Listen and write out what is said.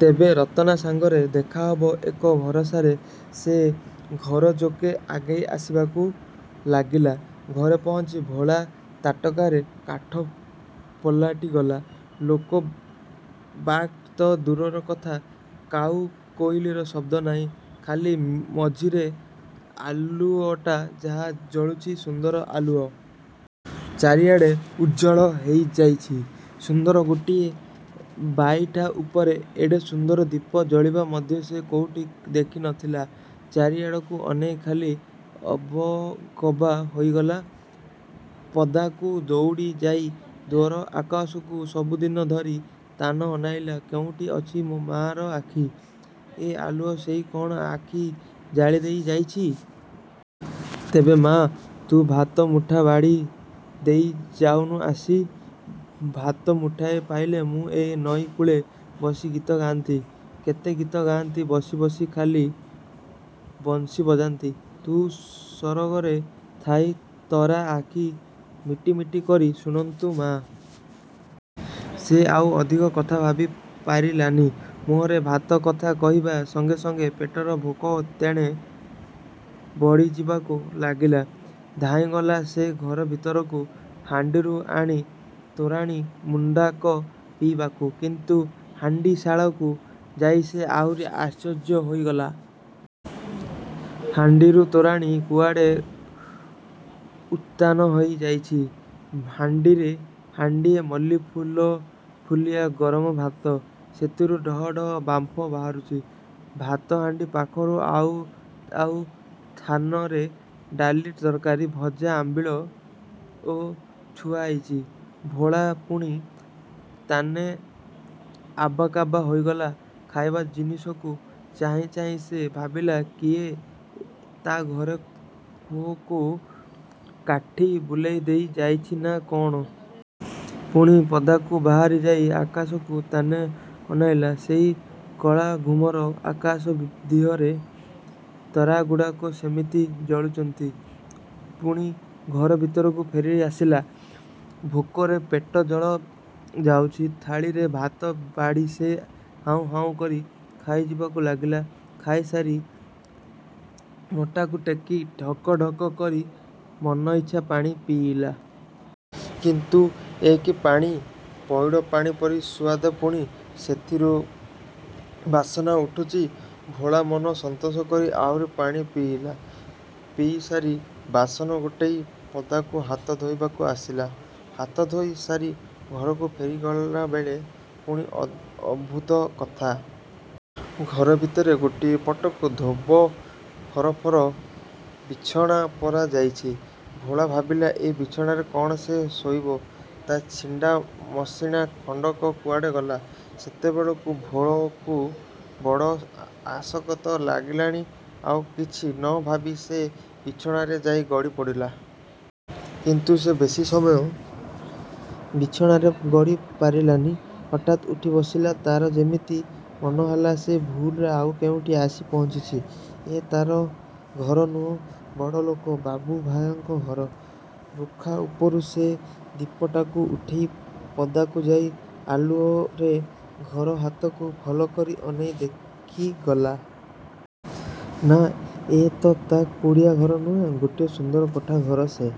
ତେବେ ରତନା ସାଙ୍ଗରେ ଦେଖାହବ, ଏକ ଭରସାରେ ସେ ଘରଯାକେ ଆଗେଇ ଆସିବାକୁ ଲାଗିଲା। ଘରେ ପହଞ୍ଚି ଭୋଳା ତାଟକାରେ କାଠ ପାଲଟିଗଲା। ଲୋକ ବାକ ତ ଦୂରର କଥା, କାଉ କୋଇଲିର ଶବ୍ଦ ନାହିଁ। ଖାଲି ମଝିରେ ଆଲୁଅଟା ଯାହା ଜଳୁଚି। ସୁନ୍ଦର ଆଲୁଅ। ଚାରିଆଡ଼େ ଉଜ୍ଜ୍ଵଳ ହେଇଯାଇଚି। ସୁନ୍ଦର ଗୋଟିଏ ବାଇଠା ଉପରେ ଏଡ଼େ ସୁନ୍ଦର ଦୀପ ଜଳିବା ମଧ୍ୟ ସେ କୋଉଠି ଦେଖି ନଥିଲା। ଚାରିଆଡ଼କୁ ଅନେଇ ଖାଲି ଅବକବା ହୋଇଗଲା ପଦାକୁ ଦୋଉଡ଼ି ଯାଇ ଦୂର ଆକାଶକୁ ସବୁଦିନ ପରି ତାନେ ଅନେଇଲା। କୋଉଠି ଅଛି ମାର ଆଖି, ଏ ଆଲୁଅ ସେଇ କଣ ଆସି ଜାଳିଦେଇ ଯାଇଚି। ତେବେ ମା, ତୁ ଭାତ ମୁଠା ବାଢ଼ି ଦେଇ ଯାଉନୁ ଆସି। ଭାତ ମୁଠା ପାଇଲେ ମୁଁ ଏ ନଈ କୂଳେ ବସି ଗୀତ ଗାଆନ୍ତି, କେତେ ଗୀତ ଗାଆନ୍ତି–ବସି ବସି ଖାଲି ବଂଶୀ ବଜାନ୍ତି। ତୁ ସରଗରେ ଥାଇ ତରା ଆଖି ମିଟିମିଟି କରି ଶୁଣନ୍ତୁ ମା! ସେ ଆଉ ଅଧିକ କଥା ଭାବି ପାରିଲାନି। ମୁହଁରେ ଭାତ କଥା କହିବା ସଙ୍ଗେ ସଙ୍ଗେ ପେଟର ଭୋକ ତେଣେ ବଢ଼ିଯିବାକୁ ଲାଗିଲା। ଧାଇଁଗଲା ସେ ଘର ଭିତରକୁ ହାଣ୍ଡିରୁ ଆଣି ତୋରାଣି ମୁନ୍ଦାକ ପିଇବାକୁ; କିନ୍ତୁ ହାଣ୍ଡିଶାଳକୁ ଯାଇ ସେ ଆହୁରି ଆଶ୍ଚର୍ଯ୍ୟ ହୋଇଗଲା। ହାଣ୍ଡିରୁ ତୋରାଣି କୁଆଡ଼େ ଉଦ୍ଭାନ ହେଇ ଯାଇଚି। ହାଣ୍ଡିରେ ହାଣ୍ଡିଏ ମଲ୍ଲିଫୁଲିଆ ଗରମ ଭାତ। ସେଥିରୁ ଡହ ଡହ ବାମ୍ଫ ବାହାରୁଚି। ଭାତହାଣ୍ଡି ପାଖକୁ ଆଉ ଆଉ ଥାନରେ ଡାଲି ତରକାରୀ, ଭଜା, ଆମ୍ବିଳ ଥୁଆହେଇଚି। ଭୋଳା ପୁଣି ତାନେ ଆବାକାବା ହୋଇଗଲା। ଖାଇବା ଜିନିଷକୁ ଚାହିଁ ଚାହିଁ ସେ ଭାବିଲା, କିଏ ତା ଘରେ କୁହୁକ କାଠି ବୁଲେଇ ଦେଇ ଯାଇଚି ନା କଣ। ପୁଣି ପଦାକୁ ବାହାରି ଯାଇ ଆକାଶକୁ ତାନେ ଅନେଇଲା। ସେଇ କଳାଘୁମର ଆକାଶ ଦିହରେ ତରାଗୁଡ଼ାକ ସେମିତି ଜଳୁଚନ୍ତି। ପୁଣି ଘର ଭିତରକୁ ଫେରିଆସିଲା। ଭୋକରେ ପେଟ ଜଳ ଯାଉଚି। ଥାଳିରେ ଭାତ ବାଢ଼ି ସେ ହାଉଁ ହାଉଁ କରି ଖାଇଯିବାକୁ ଲାଗିଲା। ଖାଇ ସାରି ନୋଟାକୁ ଟେକି ଢକଢକ କରି ମନଇଚ୍ଛା ପାଣି ପିଇଲା। କିନ୍ତୁ ଏ କି ପାଣି! ପଇଡ଼ ପାଣି ପରି ସୁଆଦ ପୁଣି ସେଥିରୁ ବାସନା ଉଠୁଚି। ଭୋଳା ମନ ସନ୍ତୋଷ କରି ଆହୁରି ପାଣି ପିଇଲା। ପିଇ ସାରି ବାସନ ଗୋଟେଇ ପଦାକୁ ହାତ ଧୋଇବାକୁ ଆସିଲା। ହାତ ଧୋଇ ସାରି ଘରକୁ ଫେରିଗଲାବେଳକୁ ପୁଣି ଅଭୁତ କଥା। ଘର ଭିତରେ ଗୋଟିଏ ପଟକୁ ଧୋବ ଫରଫର ବିଛଣା ପରା ଯାଇଚି! ଭୋଳା ଭାବିଲା ଏ ବିଛଣାରେ କଣ ସେ ଶୋଇବ! ତା ଛିଣ୍ଡା ମସିଣା ଖଣ୍ଡକ କୁଆଡ଼େ ଗଲା? ସେତେବେଳକୁ ଭୋଳକୁ ବଡ଼ ଆସକତ ଲାଗିଲାଣି। ଆଉ କିଛି ନ ଭାବି ସେ ବିଛଣାରେ ଯାଇ ଗଡ଼ି ପଡ଼ିଲା। କିନ୍ତୁ ସେ ବେଶୀ ସମୟ ବିଛଣାରେ ଗଡ଼ି ପାରିଲାନି। ହଠାତ୍ ଉଠି ବସିଲା। ତାର ଯେମିତି ମନେହେଲା ସେ ଭୁଲରେ ଆଉ କେଉଁଠି ଆସି ପହଞ୍ଚିଛି। ଏ ତା ଘର ନୁହେଁ। ବଡ଼ଲୋକ, ବାବୁଭୟାଙ୍କ ଘର। ରୁଖା ଉପରୁ ସେ ଦୀପଟାକୁ ଉଠେଇ ପଦାକୁ ଯାଇ ଆଲୁଅରେ ଘର ହାତକୁ ଭଲକରି ଅନେଇ ଦେଖିଗଲା। ନା, ଏତ ତା କୁଡ଼ିଆ ଘର ନୁହେଁ। ଗୋଟିଏ ସୁନ୍ଦର କୋଠା ଘରେ ସେ